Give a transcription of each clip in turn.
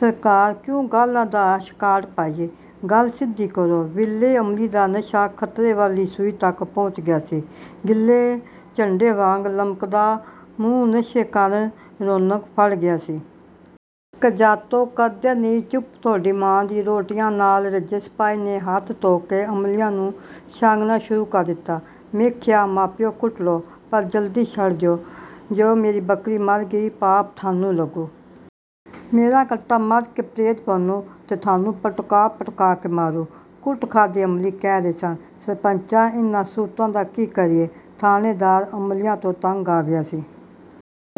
"ਸਰਕਾਰ – ਕਿਉਂ ਗਾਲ੍ਹਾਂ ਦਾ ਛਕਾਟ ਪਾਇਐ – ਗੱਲ ਸਿੱਧੀ ਕਰੋ! " ਵਿਰਲੇ ਅਮਲੀ ਦਾ ਨਸ਼ਾ ਖ਼ਤਰੇ ਵਾਲੀ ਸੂਈ ਤੱਕ ਪਹੁੰਚ ਗਿਆ ਸੀ। ਗਿੱਲੇ ਝੰਡੇ ਵਾਂਗ ਲਮਕਦਾ ਮੂੰਹ ਨਸ਼ੇ ਕਾਰਨ ਰੌਣਕ ਫੜ ਗਿਆ ਸੀ। "ਕਜਾਤੋ – ਕਰਦੇ ਨਹੀਂ ਚੁੱਪ ਥੋਡੀ ਮਾਂ ਦੀ। " ਰੋਟੀਆਂ ਨਾਲ ਰੱਜੇ ਸਿਪਾਹੀ ਨੇ ਹੱਥ ਧੋ ਕੇ ਅਮਲੀਆਂ ਨੂੰ 'ਛਾਂਗਣਾ' ਸ਼ੁਰੂ ਕਰ ਦਿੱਤਾ। "ਮੈ ਖਿਆ, ਮਾਪਿਓ ਕੁੱਟ ਲਓ – ਪਰ ਜਲਦੀ ਛੱਡ ਦਿਓ – ਜੇ ਮੇਰੀ ਬੱਕਰੀ ਮਰ ਗਈ – ਪਾਪ ਥੋਨੂੰ ਲੱਗੂ। " "ਮੇਰਾ ਕੱਟਾ ਮਰ ਕੇ ਪ੍ਰੇਤ ਬਣੂੰ ਤੇ ਥੋਨੂੰ ਪਟਕਾ ਪਟਕਾ ਕੇ ਮਾਰੂ। " ਕੁੱਟ ਖਾਂਦੇ ਅਮਲੀ ਕਹਿ ਰਹੇ ਸਨ। "ਸਰਪੰਚਾਂ! ਇਹਨਾਂ ਸੂਰਤਾਂ ਦਾ ਕੀ ਕਰੀਏ? " ਠਾਣੇਦਾਰ ਅਮਲੀਆਂ ਤੋਂ ਤੰਗ ਆ ਗਿਆ ਸੀ।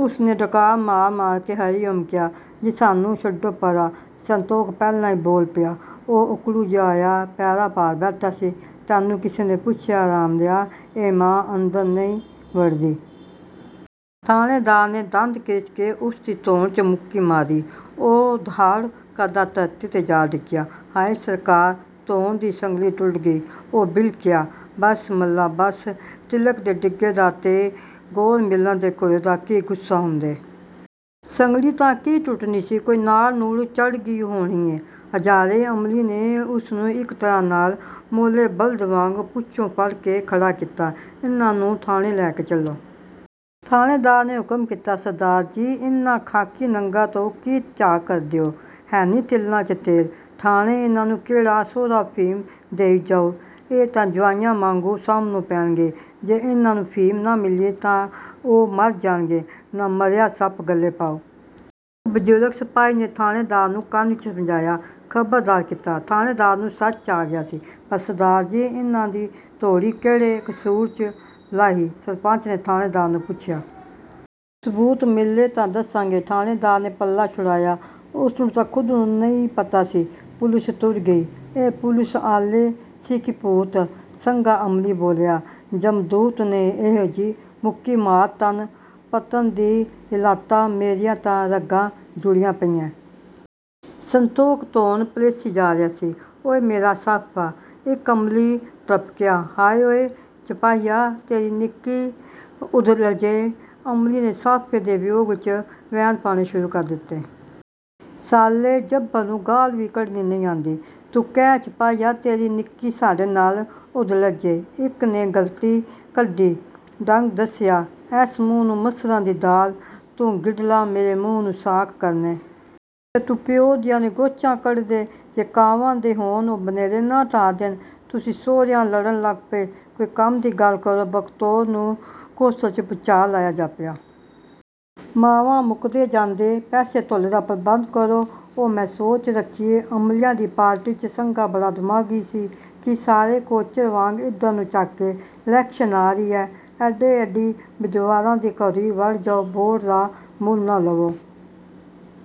ਉਸ ਨੇ ਡਕਾਰ੍ਹ ਮਾਰ ਕੇ ਕੇ 'ਹਰੀ-ਓਮ' ਕਿਹਾ। "ਜੀ ਸਾਨੂੰ ਛੱਡੋ ਪਰ੍ਹਾਂ-! " ਸੰਤੋਖ ਪਹਿਲਾਂ ਹੀ ਬੋਲ ਪਿਆ। ਉਹ ਓਕੜੂ ਜਿਹਾ ਹੋਇਆ, ਪੈਰਾਂ ਭਾਰ ਬੈਠਾ ਸੀ। "ਤੈਨੂੰ ਕਿਸੇ ਨੇ ਪੁੱਛਿਐ, ਹਰਾਮਦਿਆ! ਇਹ ਮਾਂ ਅੰਦਰ ਨੀ ਵੜਦੀ? " ਠਾਣੇਦਾਰ ਨੇ ਦੰਦ ਕਿਰਚ ਕੇ ਉਸ ਦੀ ਧੌਣ 'ਚ ਮੁੱਕੀ ਮਾਰੀ। ਉਹ 'ਦਾਅੜ' ਕਰਦਾ ਧਰਤੀ 'ਤੇ ਜਾ ਡਿੱਗਿਆ। "ਹਾਏ ਸਰਕਾਰ! ਧੌਣ ਦੀ ਸੰਗਲੀ ਟੁੱਟ ਗਈ। " ਉਹ ਬਿਲਕਿਆ। "ਬੱਸ ਮੱਲਾ ਬੱਸ! ਤਿਲ੍ਹਕ ਕੇ ਡਿੱਗੇ ਦਾ ਤੇ ਗੌਰਮਿਲਟ ਦੇ ਘੂਰੇ ਦਾ ਕੀ ਗੁੱਸਾ ਹੁੰਦੈ? ਸੰਗਲੀ ਤਾਂ ਕੀ ਟੁੱਟਣੀ ਸੀ – ਕੋਈ ਨਾੜ ਨੂੜ ਚੜ੍ਹਗੀ ਹੋਣੀ ਐਂ। " ਹਜ਼ਾਰੇ ਅਮਲੀ ਨੇ ਉਸ ਨੂੰ ਇੱਕ ਤਰ੍ਹਾਂ ਨਾਲ ਮੌਲੇ ਬਲਦ ਵਾਂਗ ਪੂਛੋਂ ਫੜ ਕੇ ਖੜ੍ਹਾ ਕੀਤਾ। "ਇਹਨਾਂ ਨੂੰ ਠਾਣੇ ਲੈ ਕੇ ਚੱਲੋ! " ਠਾਣੇਦਾਰ ਨੇ ਹੁਕਮ ਕੀਤਾ। "ਸਰਦਾਰ ਜੀ! ਇਹਨਾਂ ਖਾਖੀ ਨੰਗਾਂ ਤੋਂ ਕੀ ਝਾਕ ਕਰਦੇ ਓਂ? ਹੈਨੀ ਤਿਲਾਂ 'ਚ ਤੇਲ! ਠਾਣੇ ਇਹਨਾਂ ਨੂੰ ਕਿਹੜਾ ਸਹੁਰਾ ਫ਼ੀਮ ਦੇਈ ਜਾਊ? ਇਹ ਤਾਂ ਜੁਆਈਆਂ ਵਾਂਗੂੰ ਸਾਂਭਣੇਂ ਪੈਣਗੇ-ਜੇ ਇਹਨਾਂ ਨੂੰ ਫ਼ੀਮ ਨਾ ਮਿਲੀ-ਤਾਂ ਇਹ ਊਂ ਮਰ ਜਾਣਗੇ-ਨਾ ਮਰਿਆ ਸੱਪ ਗਲੇ ਪਾਓ! " ਇੱਕ ਬਜ਼ੁਰਗ ਸਿਪਾਹੀ ਨੇ ਠਾਣੇਦਾਰ ਨੂੰ ਕੰਨ ਵਿਚ ਸਮਝਾਇਆ। ਖ਼ਬਰਦਾਰ ਕੀਤਾ। ਠਾਣੇਦਾਰ ਨੂੰ ਸੱਚ ਆ ਗਿਆ ਸੀ। "ਪਰ ਸਰਦਾਰ ਜੀ! ਇਹਨਾਂ ਦੀ ਧੌੜੀ ਕਿਹੜੇ ਕਸੂਰ 'ਚ ਲਾਹੀ? " ਸਰਪੰਚ ਨੇ ਠਾਣੇਦਾਰ ਨੂੰ ਪੁੱਛਿਆ। "ਸਬੂਤ ਮਿਲੇ ਤਾਂ ਦੱਸਾਂਗੇ। " ਠਾਣੇਦਾਰ ਨੇ ਪੱਲਾ ਛੁਡਾਇਆ। ਉਸ ਨੂੰ ਤਾਂ ਖੁਦ ਨੂੰ ਨਹੀਂ ਪਤਾ ਸੀ! ਪੁਲਸ ਤੁਰ ਗਈ। "ਇਹ ਪੁਲਸ ਆਲੇ ਸੀ ਕਿ ਭੂਤ? " ਸੰਘਾ ਅਮਲੀ ਬੋਲਿਆ। "ਜਮਦੂਤ ਨੇ ਐਹੋ ਜੀ ਮੁੱਕੀ ਮਾਰੀ-ਤਣ ਪੱਤਣ ਈ ਹਿਲਾਤਾ-ਮੇਰੀਆਂ ਤਾਂ ਰਗਾਂ ਜੁੜੀਆਂ ਪਈਐਂ। " ਸੰਤੋਖ ਧੋਣ ਪਲੇਸੀ ਜਾ ਰਿਹਾ ਸੀ। "ਉਏ ਮੇਰਾ ਸਾਅਫ਼ਾ? " ਇੱਕ ਅਮਲੀ ਤ੍ਰਭਕਿਆ। "ਹਾਏ ਉਏ ਸਿਪਾਹੀਆ – ਤੇਰੀ ਨਿੱਕੀ ਉੱਧਲਜੇ। " ਅਮਲੀ ਨੇ ਸਾਫ਼ੇ ਦੇ ਵਿਯੋਗ ਵਿਚ ਵੈਣ ਪਾਉਣੇ ਸ਼ੁਰੂ ਕਰ ਦਿੱਤੇ। "ਸਾਲੇ ਜੱਭਲ ਨੂੰ ਗਾਲ੍ਹ ਵੀ ਕੱਢਣੀ ਨੀ ਆਉਂਦੀ! ਤੂੰ ਕਹਿ ਸਿਪਾਹੀਆ ਤੇਰੀ ਨਿੱਕੀ ਸਾਡੇ ਨਾਲ ਉੱਧਲਜੇ! " ਇੱਕ ਨੇ ਗਲਤੀ ਕੱਢੀ। ਢੰਗ ਦੱਸਿਆ। "ਐਸ ਮੂੰਹ ਨੂੰ ਮਸਰਾਂ ਦੀ ਦਾਲ? " "ਤੂੰ ਗਿੱਡਲਾ ਮੇਰੇ ਮੂੰਹ ਨੂੰ ਸਾਕ ਕਰਨੈਂ? " "ਤੇ ਤੂੰ ਪਿਉ ਦੀਆਂ ਨਿਘੋਚਾਂ ਕੱਢਦੈਂ? " "ਜੇ ਕਾਵਾਂ ਦੇ… ਹੋਣ ਉਹ ਬਨੇਰੇ ਨਾ ਢਾਹ ਦੇਣ? " "ਤੁਸੀਂ ਸਹੁਰਿਓ ਲੜਨ ਲੱਗ ਪਏ? ਕੋਈ ਕੰਮ ਦੀ ਗੱਲ ਕਰੋ! " ਬਖਤੌਰ ਨੂੰ ਕੌਂਸਲ ਵਿਚ ਭੂਚਾਲ ਆਇਆ ਜਾਪਿਆ। "ਮਾਵਾ ਮੁਕਦੈ ਜਾਂਦੈ – ਪੈਸੇ ਧੋਲੇ ਦਾ ਪ੍ਰਬੰਧ ਕਰੋ! " "ਉਹ ਮੈਂ ਸੋਚ ਰੱਖਿਐ। " ਅਮਲੀਆਂ ਦੀ ਪਾਰਟੀ ਵਿਚ ਸੰਘਾ ਬੜਾ ਦਿਮਾਗੀ ਸੀ। "ਕੀ..? " ਸਾਰੇ ਕੋਚਰ ਵਾਂਗ ਇੱਧਰ ਨੂੰ ਝਾਕੇ। "ਲੈਕਸ਼ਨ ਆ ਰਹੀ ਐ-ਅੱਡੋ ਅੱਡੀ ਮੀਦਵਾਰਾਂ ਦੇ ਘਰੀਂ ਵੜ ਜਾਓ-ਬੋਟ ਦਾ ਮੁੱਲ ਤਾਂ ਲਓ!